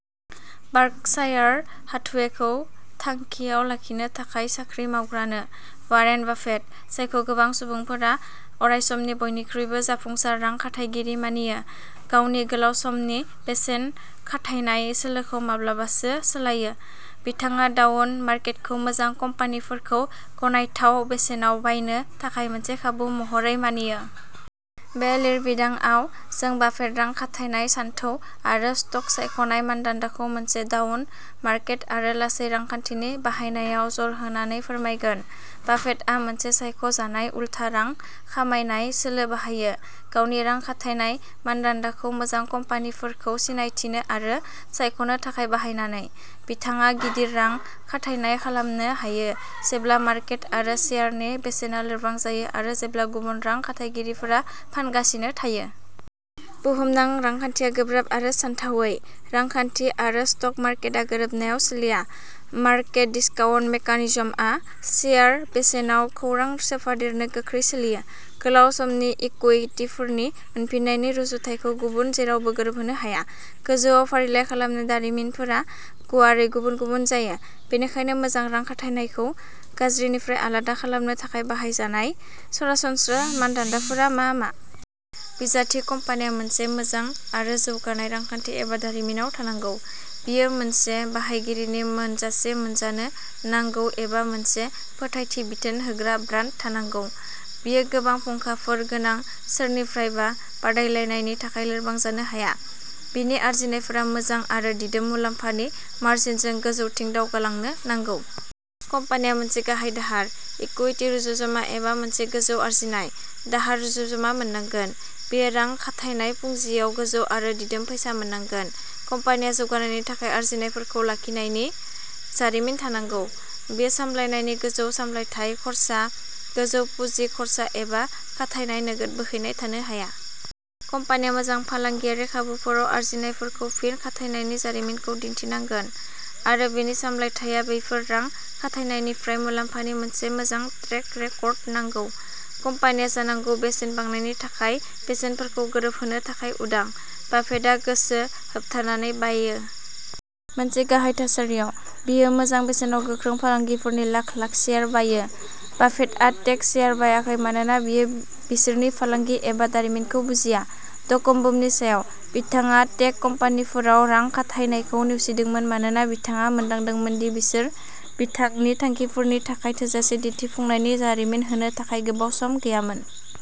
Berkshire हाथवेखौ थांखियाव लाखिनो थाखाय साख्रि मावग्रानो? "वारेन बाफेट, जायखौ गोबां सुबुंफोरा अरायसमनि बयनिख्रुइबो जाफुंसार रां खाथायगिरि मानियो, गावनि गोलाव समनि बेसेन खाथायनाय सोलोखौ माब्लाबासो सोलायो। बिथाङा डाउन मार्केटखौ मोजां कम्पानिफोरखौ गनायथाव बेसेनाव बायनो थाखाय मोनसे खाबु महरै मानियो। बे लिरबिदांआव, जों बाफेट रां खाथायनाय सानथौ आरो स्टक-सायख'नाय मानदान्दाखौ मोनसे डाउन मार्केट आरो लासै रांखान्थिनि बाहायनायाव जर होनानै फोरमायगोन। बाफेटआ मोनसे सायख'जानाय उल्था रां खाथायनाय सोलो बाहायो। गावनि रां खाथायनाय मानदान्दाखौ मोजां कम्पानिफोरखौ सिनायथिनो आरो सायख'नो थाखाय बाहायनानै, बिथाङा गिदिर रां खाथायनाय खालामनो हायो जेब्ला मार्केट आरो शेयारनि बेसेना लोरबां जायो आरो जेब्ला गुबुन रां खाथायगिरिफोरा फानगासिनो थायो। बुहुमनां रांखान्थिया गोब्राब आरो सानथावै। रांखान्थि आरो स्टक मार्केटआ गोरोबनायाव सोलिया। मार्केट डिस्काउन्ट मेकानिजमआ शेयार बेसेनाव खौरां सोफादेरनो गोख्रै सोलियो। गोलाव समनि इकुइटिफोरनि मोनफिन्नायनि रुजुथायखौ गुबुन जेरावबो गोरोबहोनो हाया। गोजौआव फारिलाइ खालामजानाय दारिमिनफोरा गुवारै गुबुन-गुबुन जायो, बेनिखायनो मोजां रां खाथायनायखौ गाज्रिनिफ्राय आलादा खालामनो थाखाय बाहायजानाय सरासनस्रा मानदान्दाफोरा मा मा? बिजाथि कम्पानिया मोनसे मोजां आरो जौगानाय रांखान्थि एबा दारिमिनाव थानांगौ। बेयो मोनसे बाहायगिरिनि मोनजासे मोनजानो नांगौ एबा मोनसे फोथायथि-बिथोन होग्रा ब्रान्ड थानांगौ। बेयो गोबां फुंखाफोर गोनां सोरनिफ्रायबा बादायलायनायनि थाखाय लोरबां जानो हाया। बेनि आर्जिनायफोरा मोजां आरो दिदोम मुलाम्फानि मार्जिनजों गोजौथिं दावगालांनो नांगौ। कम्पानिया मोनसे गाहाय दाहार/इकुइटि रुजुज'मा एबा मोनसे गोजौ आर्जिनाय/दाहार रुजुज'मा मोननांगोन। बेयो रां खाथायनाय पुजियाव गोजौ आरो दिदोम फैसा मोननांगोन। कम्पानिया जौगानायनि थाखाय आर्जिनायफोरखौ लाखिनायनि जारिमिन थानांगौ। बेयो सामलायनायनि गोजौ सामलायथाय खर्सा, गोजौ पुजि खर्सा एबा रां खाथायनाय नोगोद बोहैनाय थानो हाया। कम्पानिया मोजां फालांगियारि खाबुफोराव आर्जिनायफोरखौ फिन खाथायनायनि जारिमिनखौ दिन्थिनांगोन, आरो बेनि सामलायथाया बेफोर रां खाथायनायनिफ्राय मुलाम्फानि मोनसे मोजां ट्रेक रेकर्ड नांगौ। कम्पानिया जानांगौ बेसेन बांनायनि थाखाय बेसेनफोरखौ गोरोबहोनो थाखाय उदां। बाफेटआ गोसो होथाबनानै बायो। मोनसे गाहाय थासारियाव, बियो मोजां बेसेनाव गोख्रों फालांगिफोरनि लाख-लाख शेयार बायो। बाफेटआ टेक शेयार बायाखै मानोना बियो बिसोरनि फालांगि एबा दारिमिनखौ बुजिया; डटक'म बुमनि समाव, बिथाङा टेक कम्पानिफोराव रां खाथायनायखौ नेवसिदोंमोन मानोना बिथाङा मोनदांदोंमोन दि बिसोर बिथांनि थांखिफोरनि थाखाय थोजासे दिन्थिफुंनायनि जारिमिन होनो थाखाय गोबाव सम गैयामोन।